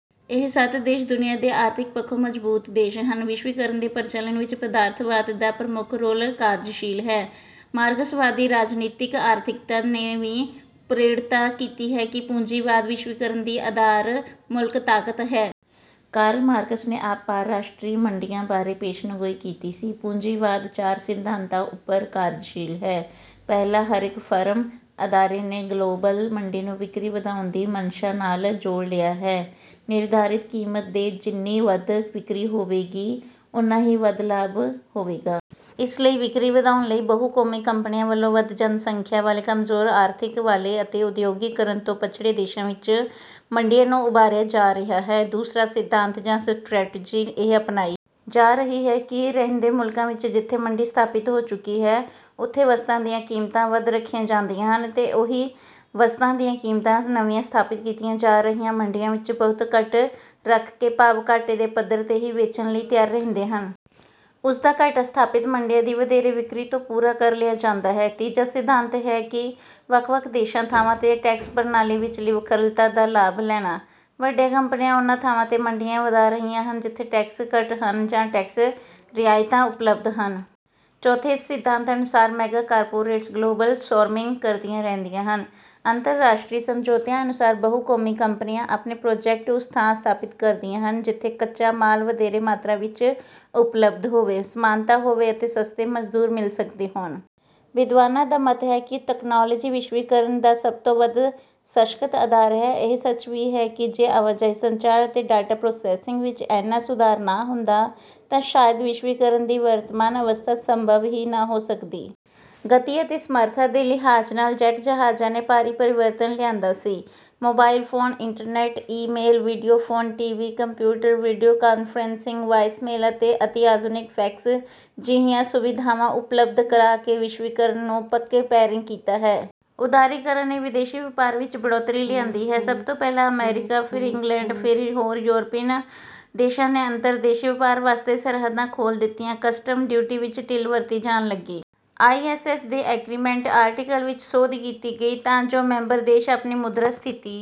ਇਹ ਸੱਤ ਦੇਸ਼ ਦੁਨੀਆਂ ਦੇ ਆਰਥਿਕ ਪੱਖੋਂ ਮਜ਼ਬੂਤ ਦੇਸ਼ ਹਨ। ਵਿਸ਼ਵੀਕਰਨ ਦੇ ਪ੍ਰਚਲਣ ਵਿੱਚ ਪਦਾਰਥਵਾਦ ਦਾ ਪ੍ਰਮੁੱਖ ਰੋਲ ਕਾਰਜਸ਼ੀਲ ਹੈ। ਮਾਰਕਸਵਾਦੀ ਰਾਜਨੀਤਿਕ ਆਰਥਿਕਤਾ ਨੇ ਵੀ ਪ੍ਰੋੜਤਾ ਕੀਤੀ ਹੈ ਕਿ ਪੂੰਜੀਵਾਦ ਵਿਸ਼ਵੀਕਰਨ ਦੀ ਆਧਾਰ-ਮੂਲਕ ਤਾਕਤ ਹੈ। ਕਾਰਲ ਮਾਰਕਸ ਨੇ ਆਪ ਪਾਰ-ਰਾਸ਼ਟਰੀ ਮੰਡੀਆਂ ਬਾਰੇ ਪੇਸ਼ੀਨਗੋਈ ਕੀਤੀ ਸੀ। ਪੂੰਜੀਵਾਦ ਚਾਰ ਸਿਧਾਂਤਾਂ ਉੱਪਰ ਕਾਰਜਸ਼ੀਲ ਹੈ। ਪਹਿਲਾ, ਹਰੇਕ ਫਰਮ, ਅਦਾਰੇ ਨੇ ਗਲੋਬਲ ਮੰਡੀ ਨੂੰ ਵਿਕਰੀ ਵਧਾਉਣ ਦੀ ਮਨਸ਼ਾ ਨਾਲ ਜੋੜ ਲਿਆ ਹੈ। ਨਿਰਧਾਰਿਤ ਕੀਮਤ ਤੇ ਜਿੰਨੀ ਵੱਧ ਵਿਕਰੀ ਹੋਵੇਗੀ, ਉਨਾ ਹੀ ਵੱਧ ਲਾਭ ਹੋਵੇਗਾ। ਇਸ ਲਈ ਵਿਕਰੀ ਵਧਾਉਣ ਲਈ ਬਹੁ-ਕੌਮੀ ਕੰਪਨੀਆਂ ਵੱਲੋਂ ਵੱਧ ਜਨ ਸੰਖਿਆ ਵਾਲੇ, ਕਮਜ਼ੋਰ ਆਰਥਿਕਤਾ ਵਾਲੇ ਅਤੇ ਉਦਯੋਗੀਕਰਨ ਤੋਂ ਪਛੜੇ ਦੇਸ਼ਾਂ ਵਿੱਚ ਮੰਡੀਆਂ ਨੂੰ ਉਭਾਰਿਆ ਜਾ ਰਿਹਾ ਹੈ। ਦੂਸਰਾ ਸਿਧਾਂਤ ਜਾਂ ਸਟ੍ਰੈਟਜੀ ਇਹ ਅਪਣਾਈ ਜਾ ਰਹੀ ਹੈ ਕਿ ਰਹਿੰਦੇ ਮੁਲਕਾਂ ਵਿੱਚ ਜਿੱਥੇ ਮੰਡੀ ਸਥਾਪਤ ਹੋ ਚੁੱਕੀ ਹੈ, ਉੱਥੇ ਵਸਤਾਂ ਦੀਆਂ ਕੀਮਤਾਂ ਵੱਧ ਰੱਖੀਆਂ ਜਾਂਦੀਆਂ ਹਨ ਅਤੇ ਉਹੀ ਵਸਤਾਂ ਦੀਆਂ ਕੀਮਤਾਂ ਨਵੀਆਂ ਸਥਾਪਤ ਕੀਤੀਆਂ ਜਾ ਰਹੀਆਂ ਮੰਡੀਆਂ ਵਿੱਚ ਬਹੁਤ ਘੱਟ ਰੱਖ ਕੇ ਭਾਵ ਘਾਟੇ ਦੇ ਪੱਧਰ ਤੇ ਵੀ ਵੇਚਣ ਲਈ ਤਿਆਰ ਰਹਿੰਦੇ ਹਨ। ਉਸ ਦਾ ਘਾਟਾ ਸਥਾਪਤ ਮੰਡੀਆਂ ਦੀ ਵਧੇਰੇ ਵਿਕਰੀ ਤੋਂ ਪੂਰਾ ਕਰ ਲਿਆ ਜਾਂਦਾ ਹੈ। ਤੀਜਾ ਸਿਧਾਂਤ ਹੈ ਕਿ ਵੱਖ-ਵੱਖ ਦੇਸ਼ਾਂ, ਥਾਵਾਂ ਤੇ ਟੈਕਸ ਪ੍ਰਣਾਲੀ ਵਿਚਲੀ ਵੱਖਰਤਾ ਦਾ ਲਾਭ ਲੈਣਾ। ਵੱਡੀਆਂ ਕੰਪਨੀਆਂ ਉਨ੍ਹਾਂ ਥਾਵਾਂ ਤੇ ਮੰਡੀਆਂ ਵਧਾ ਰਹੀਆਂ ਹਨ ਜਿੱਥੇ ਟੈਕਸ ਘੱਟ ਹਨ ਜਾਂ ਟੈਕਸ ਰਿਆਇਤਾਂ ਉਪਲਬੱਧ ਹਨ। ਚੌਥੇ ਸਿਧਾਂਤ ਅਨੁਸਾਰ ਮੈਗਾਕਾਰਪੋਰੇਟਸ ਗਲੋਬਲ ਸੋਰਮਿੰਗ ਕਰਦੀਆਂ ਰਹਿੰਦੀਆਂ ਹਨ। ਅੰਤਰਰਾਸ਼ਟਰੀ ਸਮਝੌਤਿਆਂ ਅਨੁਸਾਰ ਬਹੁ-ਕੌਮੀ ਕੰਪਨੀਆਂ ਆਪਣੇ ਪ੍ਰਾਜੈਕਟ ਉਸ ਥਾਂ ਸਥਾਪਤ ਕਰਦੀਆਂ ਹਨ, ਜਿੱਥੇ ਕੱਚਾ ਮਾਲ ਵਧੇਰੇ ਮਾਤਰਾ ਵਿੱਚ ਉਪਲਬਧ ਹੋਵੇ, ਸਮਾਨਤਾ ਹੋਵੇ ਅਤੇ ਸਸਤੇ ਮਜ਼ਦੂਰ ਮਿਲ ਸਕਦੇ ਹੋਣ। ਵਿਦਵਾਨਾਂ ਦਾ ਮੱਤ ਹੈ ਕਿ ਤਕਨਾਲੋਜੀ ਵਿਸ਼ਵੀਕਰਨ ਦਾ ਸਭ ਤੋਂ ਵੱਧ ਸਸ਼ੱਕਤ ਆਧਾਰ ਹੈ। ਇਹ ਸੱਚ ਵੀ ਹੈ ਕਿ ਜੇ ਆਵਾਜਾਈ, ਸੰਚਾਰ ਅਤੇ ਡਾਟਾ ਪ੍ਰੋਸੈਸਿੰਗ ਵਿੱਚ ਏਨਾ ਸੁਧਾਰ ਨਾ ਹੁੰਦਾ ਤਾਂ ਸ਼ਾਇਦ ਵਿਸ਼ਵੀਕਰਨ ਦੀ ਵਰਤਮਾਨ ਅਵਸਥਾ ਸੰਭਵ ਹੀ ਨਾ ਹੋ ਸਕਦੀ। ਗਤੀ ਅਤੇ ਸਮਰੱਥਾ ਦੇ ਲਿਹਾਜ਼ ਨਾਲ ਜੈਟ ਜਹਾਜ਼ਾਂ ਨੇ ਭਾਰੀ ਪਰਿਵਰਤਨ ਲਿਆਂਦਾ ਸੀ। Mobile phone, internet, email, video phone, T V, computer, video conferencing, voicemail ਅਤੇ ਅਤੀ ਆਧੁਨਿਕ ਫੈਕਸ ਜਿਹੀਆਂ ਸੁਵਿਧਾਵਾਂ ਉਪਲਬਧ ਕਰਾ ਕੇ ਵਿਸ਼ਵੀਕਰਨ ਨੂੰ ਪੱਕੇ ਪੈਰੀਂ ਕੀਤਾ ਹੈ। ਉਦਾਰੀਕਰਨ ਨੇ ਵਿਦੇਸ਼ੀ ਵਪਾਰ ਵਿੱਚ ਬੜ੍ਹੋਤਰੀ ਲਿਆਂਦੀ ਹੈ। ਸਭ ਤੋਂ ਪਹਿਲਾਂ ਅਮਰੀਕਾ, ਫਿਰ ਇੰਗਲੈਂਡ ਅਤੇ ਫਿਰ ਹੋਰ ਯੂਰੋਪੀਨ ਦੇਸ਼ਾਂ ਨੇ ਅੰਤਰਦੇਸ਼ੀ ਵਪਾਰ ਵਾਸਤੇ ਸਰਹੱਦਾਂ ਖੋਲ ਦਿੱਤੀਆਂ, ਕਸਟਮ ਡਿਊਟੀ ਵਿੱਚ ਢਿਲ ਵਰਤੀ ਜਾਣ ਲਗੀ। ਆਈ ਐਸ ਐਸ ਦੇ ਐਗਰੀਮੈਂਟ ਆਰਟੀਕਲ ਵਿੱਚ ਸੋਧ ਕੀਤੀ ਗਈ ਤਾਂ ਜੋ ਮੈਂਬਰ ਦੇਸ਼ ਆਪਣੀ ਮੁਦਰਾ ਸਥਿਤੀ